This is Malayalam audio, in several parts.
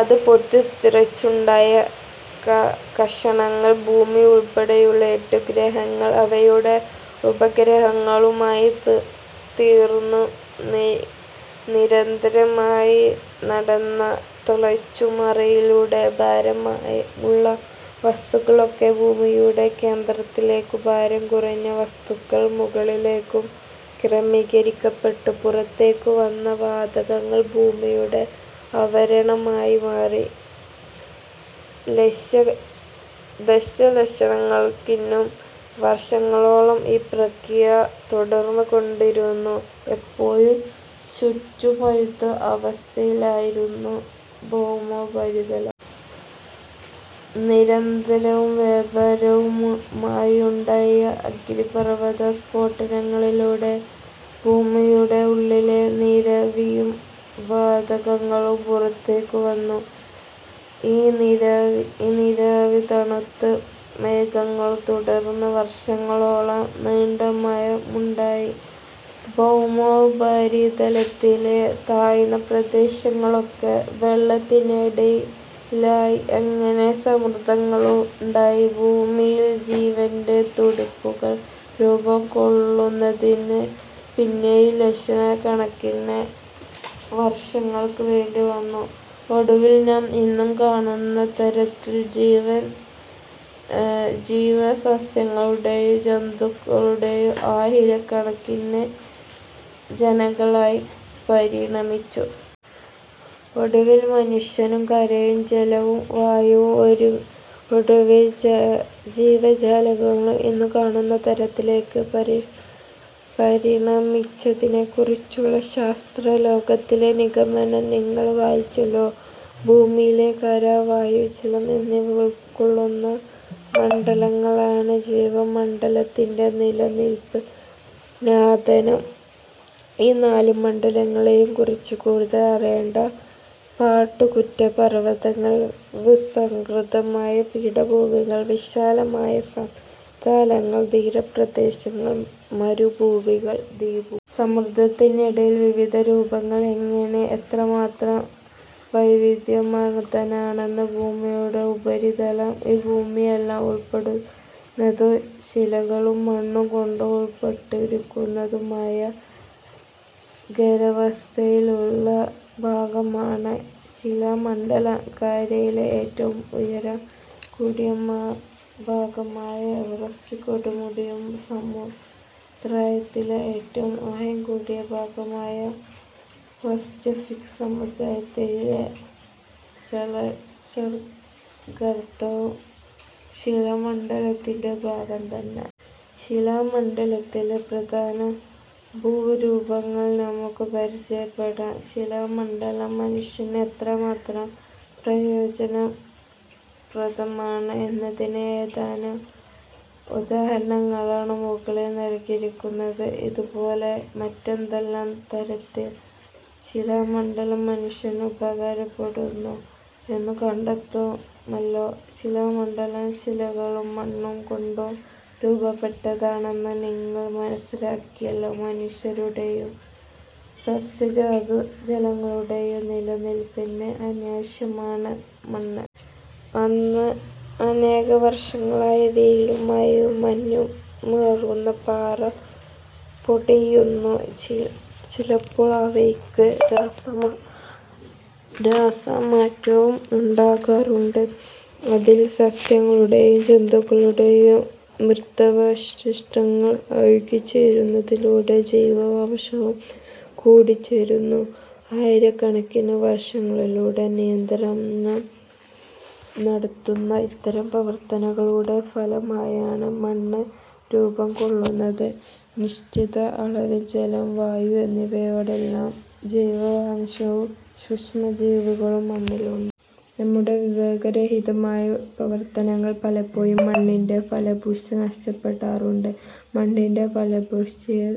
അത് പൊട്ടിത്തെറിച്ചുണ്ടായ ക കഷണങ്ങൾ ഭൂമി ഉൾപ്പെടെയുള്ള എട്ടു ഗ്രഹങ്ങൾ അവയുടെ ഉപഗ്രഹങ്ങളുമായിത്തീർന്നു. നിരന്തരമായി നടന്ന തിളച്ചുമറിയലിലൂടെ ഭാരമുള്ള വസ്തുക്കളൊക്കെ ഭൂമിയുടെ കേന്ദ്രത്തിലേക്കും ഭാരം കുറഞ്ഞ വസ്തുക്കൾ മുകളിലേക്കുമായി ക്രമീകരിക്കപ്പെട്ടു. പുറത്തേക്കു വന്ന വാതകങ്ങൾ ഭൂമിയുടെ അവരണമായി മാറി.ലഷ ദശലക്ഷക്കണക്കിനു വർഷങ്ങളോളം ഈ പ്രക്രിയ തുടർന്നുകൊണ്ടേയിരുന്നു. അപ്പോഴും ചുട്ടുപഴുത്ത അവസ്ഥയിലായിരുന്നു ഭൗമോപരിതലം. നിരന്തരവും വ്യാപരമായുണ്ടായ അഗ്നിപർവ്വത സ്ഫോടനങ്ങളിലൂടെ ഭൂമിയുടെ ഉള്ളിലെ നീരാവിയും വാതകങ്ങളും പുറത്തേക്കുവന്നു. ഈ നീരാവി തണുത്ത് മേഘങ്ങളും തുടർന്ന് വർഷങ്ങളോളം നീണ്ട മഴയുമുണ്ടായി. ഭൗമോപരിതലത്തിലെ താഴ്ന്ന പ്രദേശങ്ങളൊക്കെ വെള്ളത്തിനടിയിലായി. അങ്ങനെ സമുദ്രങ്ങളുണ്ടായി. ഭൂമിയിൽ ജീവന്റെ തുടിപ്പുകൾ രൂപംകൊള്ളുന്നതിന് പിന്നെയും ലക്ഷക്കണക്കിന് വർഷങ്ങൾ വേണ്ടിവന്നു. ഒടുവിൽ നാം ഇന്നു കാണുന്ന തരത്തിൽ ജീവൻ, സസ്യങ്ങളുടെയും ജന്തുക്കളുടെയും ആയിരക്കണക്കിന് ഇനങ്ങളായി പരിണമിച്ചു... ഒടുവിൽ മനുഷ്യനും. കരയും ജലവും വായുവും ഒടുവിൽ ജീവജാലങ്ങളും ഇന്നു കാണുന്ന തരത്തിലേക്ക് പരിണമിച്ചതിനെക്കുറിച്ചുള്ള ശാസ്ത്രലോകത്തിന്റെ നിഗമനം നിങ്ങൾ വായിച്ചല്ലോ. ഭൂമിയിലെ കര, വായു, ജലം എന്നിവ ഉൾക്കൊള്ളുന്ന മണ്ഡലങ്ങളാണ് ജൈവമണ്ഡലത്തിന്റെ നിലനിൽപ്പിനാധാരം. ഈ നാല് മണ്ഡലങ്ങളെയും കുറിച്ച് കൂടുതൽ അറിയണ്ടേ? പടുകൂറ്റൻ പർവ്വതങ്ങൾ, വിസ്തൃതമായ പീഠഭൂമികൾ, വിശാലമായ സമതലങ്ങൾ, തീര പ്രദേശങ്ങൾ, മരുഭൂമികൾ, ദ്വീപുകൾ... സമുദ്രത്തിനടിയിലെ വിവിധ ഭൂരൂപങ്ങൾ... എങ്ങനെ എത്രമാത്രം വൈവിധ്യമാർന്നതാണ് ഭൂമിയുടെ ഉപരിതലം! ഈ ഭൂരൂപങ്ങളെല്ലാം ഉൾപ്പെടുന്നതും ശിലകളും മണ്ണും കൊണ്ട് രൂപപ്പെട്ടിരിക്കുന്നതുമായ ഖരാവസ്ഥയിലുള്ള ഭാഗമാണ് ശിലാമണ്ഡലം. കരയിലെ ഏറ്റവും ഉയരം കൂടിയ ഭാഗമായ എവറസ്റ്റ് കൊടുമുടിയും സമുദത്തിലെ ഏറ്റവും ആഴം കൂടിയ ഭാഗമായ പസഫിക് സമുദ്രത്തിലെ ചലഞ്ചർ ഗർത്തവും ശിലാമണ്ഡലത്തിന്റെ ഭാഗം തന്നെ! ശിലാമണ്ഡലത്തിലെ പ്രധാന ഭൂരൂപങ്ങൾ നമുക്ക് പരിചയപ്പെടാം. ശിലാമണ്ഡലം മനുഷ്യന് എത്രമാത്രം പ്രയോജനപ്രദമാണ് എന്നതിന്റെ ഏതാനും ഉദാഹരണങ്ങളാണ് മുകളിൽ നൽകിയിരിക്കുന്നത്. ഇതുപോലെ മറ്റേതെല്ലാം തരത്തിൽ ശിലാമണ്ഡലം മനുഷ്യന് ഉപകാരപ്പെടുന്നു എന്നു കണ്ടെത്തുമല്ലോ. ശിലാമണ്ഡലം ശിലകളും മണ്ണും കൊണ്ട് രൂപപ്പെട്ടതാണെന്ന് നിങ്ങൾ മനസ്സിലാക്കിയല്ലോ. മനുഷ്യരുടെയും സസ്യജന്തുജാലങ്ങളുടെയും നിലനിൽപ്പിന് അനിവാര്യമാണ് മണ്ണ്. അനേകവർഷങ്ങളായി വെയിലും മഴയും മഞ്ഞുമേൽക്കുന്ന പാറ പൊടിയുന്നു. ചിലപ്പോൾ അവയ്ക്ക് രാസമാറ്റവും ഉണ്ടാകാറുണ്ട്. അതിൽ സസ്യങ്ങളുടെയും ജന്തുക്കളുടെയും മൃതാവശിഷ്ടങ്ങൾ അഴുകിച്ചേരുന്നതിലൂടെ ജൈവാംശവും കൂടിച്ചേരുന്നു. ആയിരക്കണക്കിന് വർഷങ്ങളിലൂടെ നിരന്തരം നടക്കുന്ന ഇത്തരം പ്രവർത്തനങ്ങളുടെ ഫലമായാണ് മണ്ണ് രൂപംകൊള്ളുന്നത്. നിശ്ചിത അളവിൽ ജലം, വായു എന്നിവയോടൊപ്പം ജൈവാംശവും സൂക്ഷ്മജീവികളും മണ്ണിലുണ്ട്. നമ്മുടെ വിവേകരഹിതമായ പ്രവർത്തനങ്ങൾ പലപ്പോഴും മണ്ണിന്റെ ഫലപുഷ്ടി നഷ്ടപ്പെടുത്താറുണ്ട്. മണ്ണിന്റെ ഫലപുഷ്ടിയെ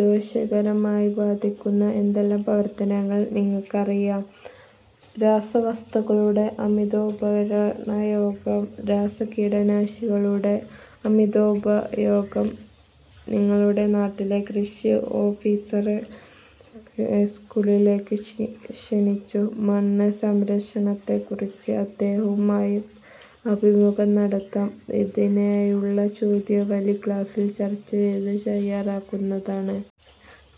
ദോഷകരമായി ബാധിക്കുന്ന ഏതെല്ലാം പ്രവർത്തനങ്ങൾ നിങ്ങൾക്കറിയാം? രാസവളങ്ങളുടെ അമിതോപയോഗം. രാസകീടനാശിനികളുടെ അമിതോപയോഗം. നിങ്ങളുടെ നാട്ടിലെ കൃഷി ഓഫീസറെ സ്കൂളിലേക്ക് ക്ഷണിച്ചു മണ്ണ് സംരക്ഷണത്തെക്കുറിച്ച് അദ്ദേഹവുമായി അഭിമുഖം നടത്താം. ഇതിനായുള്ള ചോദ്യാവലി ക്ലാസിൽ ചർച്ച ചെയ്ത് തയ്യാറാക്കാവുന്നതാണ്.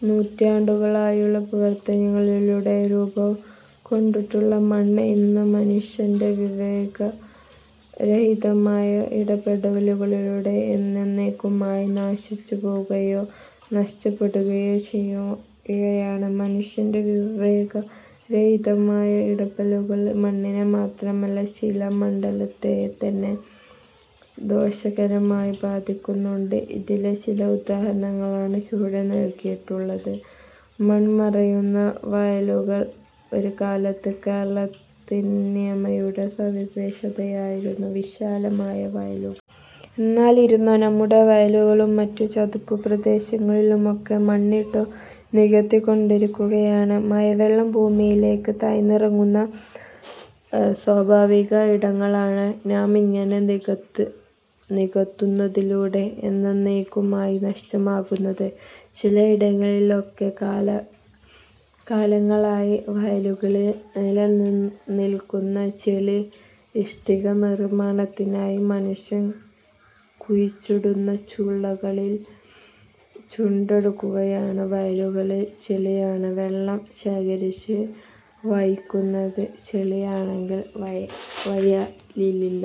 നൂറ്റാണ്ടുകളായുള്ള പ്രവർത്തനങ്ങളിലൂടെ രൂപംകൊണ്ടിട്ടുള്ള മണ്ണ് ഇന്ന് മനുഷ്യന്റെ വിവേകരഹിതമായ ഇടപെടലുകളിലൂടെ എന്നെന്നേയ്ക്കുമായി നശിച്ചുപോകുകയോ നഷ്ടപ്പെടുകയോ ചെയ്യുകയാണ്. മനുഷ്യന്റെ വിവേകരഹിതമായ ഇടപെടലുകൾ മണ്ണിനെ മാത്രമല്ല ശിലാമണ്ഡലത്തെത്തന്നെ ദോഷകരമായി ബാധിക്കുന്നുണ്ട്. ഇതിന്റെ ചില ഉദാഹരണങ്ങളാണ് ചുവടെ നൽകിയിട്ടുള്ളത്. മൺമറയുന്ന വയലുകൾ. ഒരു കാലത്ത് കേരളത്തനിമയുടെ സവിശേഷതയായിരുന്നു വിശാലമായ വയലുകൾ. എന്നാലിന്നോ? നമ്മുടെ വയലുകളും മറ്റു ചതുപ്പുപ്രദേശങ്ങളുമൊക്കെ മണ്ണിട്ടു നികത്തിക്കൊണ്ടിരിക്കുകയാണ്. മഴവെള്ളം ഭൂമിയിലേക്ക് താഴ്ന്നിറങ്ങുന്ന സ്വാഭാവിക ഇടങ്ങളാണ് നാമിങ്ങനെ നികത്തുന്നതിലൂടെ എന്നെന്നേയ്ക്കുമായി നഷ്ടമാകുന്നത്. ചിലയിടങ്ങളിലാകട്ടെ കാലങ്ങളായി വയലുകളിൽ നിലനിൽക്കുന്ന ചെളി ഇഷ്ടിക നിർമ്മാണത്തിനായി മനുഷ്യർ കുഴിച്ചെടുത്ത് ചൂളകളിൽ ചുട്ടെടുക്കുകയാണ്. വയലുകളിൽ ചെളിയാണ് വെള്ളം ശേഖരിച്ചു വയ്ക്കുന്നത്. ചെളിയില്ലെങ്കിൽ വയലില്ല.